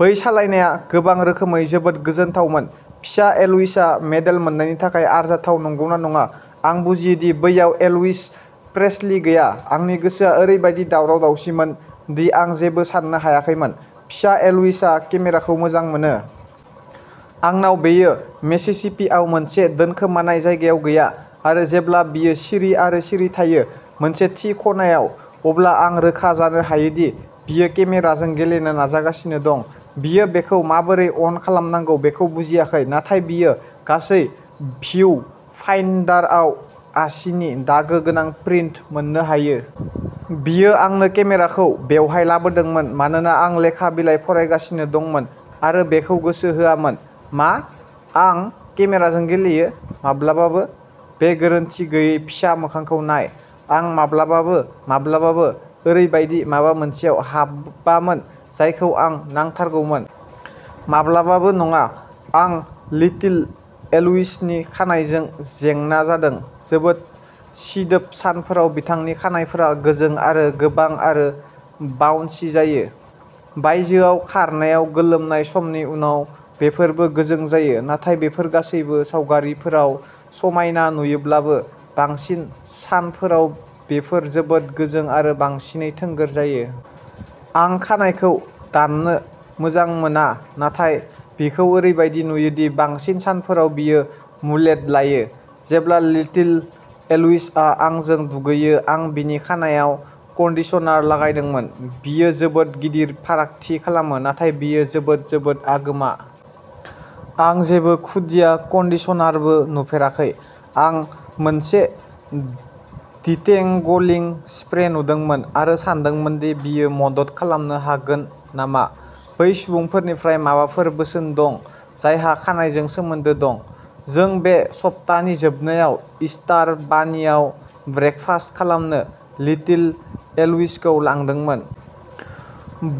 बै सालायनायआ गोबां रोखोमै जोबोद गोजोनथावमोन। फिसा एल्विसआ मेडेल मोन्नायनि थाखाय आरजाथाव, नंगौना नङा? आं बुजियो दि बैयाव एल्विस प्रेस्लि गैया। आंनि गोसोआ ओरैबादि दावराव-दावसिमोन दि आं जेबो साननो हायाखैमोन। फिसा एल्विसआ केमेराखौ मोजां मोनो। आंनाव बेयो मिसिसिपीआव मोनसे दोनखोमानाय जायगायाव गैया, आरो जेब्ला बियो सिरि आरो सिरि थायो। मोनसे थि खनायाव, अब्ला आं रोखा जानो हायो दि बियो केमेराजों गेलेनो नाजागासिनो दं। बियो बेखौ माबोरै अन खालामनांगौ बेखौ बुजियाखै, नाथाय बियो गासै भिउ-फाइन्डारआव आसिनि दागो गोनां प्रिन्ट मोननो हायो। बियो आंनो केमेराखौ बेवहाय लाबोदोंमोन मानोना आं लेखा बिलाइ फरायगासिनो दंमोन आरो बिखौ गोसो होआमोन। "मा? आं? केमेराजों गेलेयो? माब्लाबाबो!! बे गोरोनथि गैयै फिसा मोखांखौ नाय! आं माब्लाबाबो, माब्लाबाबो ओरैबायदि माबा मोनसेयाव हाबामोन जायखौ आं नांथारगौमोन। माब्लाबाबो नङा! " आं लिटिल एल्विसनि खानाइजों जेंना जादों। जोबोद सिदोब सानफोराव बिथांनि खानाइफोरा गोजों आरो गोबां आरो बाउन्सि जायो। बायजोआव खारनायाव गोलोमनाय समनि उनाव बेफोरबो गोजों जायो। नाथाय बेफोर गासैबो सावगारिफोराव समायना नुयोब्लाबो, बांसिन सानफोराव बेफोर जोबोद गोजों आरो बांसिनै थोंगोर जायो। आं खानाइखौ दाननो मोजां मोना, नाथाय बिखौ ओरैबादि नुयो दि बांसिन सानफोराव बियो मुलेट लायो। जेब्ला लिटिल एल्विसआ आंजों दुगैयो, आं बिनि खानाइआव कन्डिशनार लागायदोंमोन। बेयो जोबोद गिदिर फारागथि खालामो, नाथाय बेयो जोबोद, जोबोद आगोमा। आं जेबो खुदिया कन्डिशनारबो नुफेराखै। आं मोनसे डिटेंगलिं स्प्रे नुदोंमोन आरो सानदोंमोन दि बेयो मदद खालामनो हागोन नामा। बै सुबुंफोरनिफ्राय माबाफोर बोसोन दं जायहा खानाइजों सोमोन्दो दं? जों बे सप्तानि जोबनायाव इस्टार बानियाव ब्रेकफास्ट खालामनो लिटिल एल्विसखौ लादोंमोन।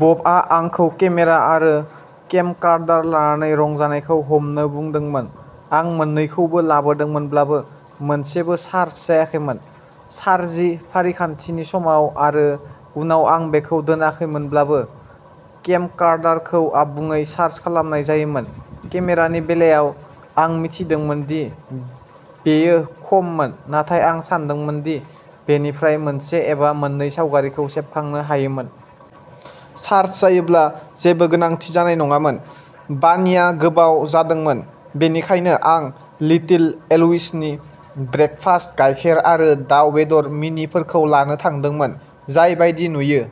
बबआ आंखौ केमेरा आरो केमकार्डार लानानै रंजानायखौ हमनो बुंदोंमोन। आं मोन्नैखौबो लाबोदोंमोनब्लाबो, मोनसेबो चार्ज जायाखैमोन। चार्जिं फारिखान्थिनि समाव आरो उनाव आं बेखौ दोनाखैमोनब्ला केमकार्डारखौ आबुङै चार्ज खालामनाय जायोमोन। केमेरानि बेलायाव, आं मिथिदोंमोन दि बेयो खममोन, नाथाय आं सानदोंमोन दि बेनिफ्राय मोनसे एबा मोननै सावगारिखौ सेबखांनो हायोमोन। चार्ज जायोब्ला जेबो गोनांथि जानाय नङामोन। बानिया गोबाव जादोंमोन, बेनिखायनो आं लिटिल एल्विसनि ब्रेकफास्ट-- गायखेर आरो दाव बेदर मिनिफोरखौ लानो थांदोंमोन, जाय बायदि नुयो।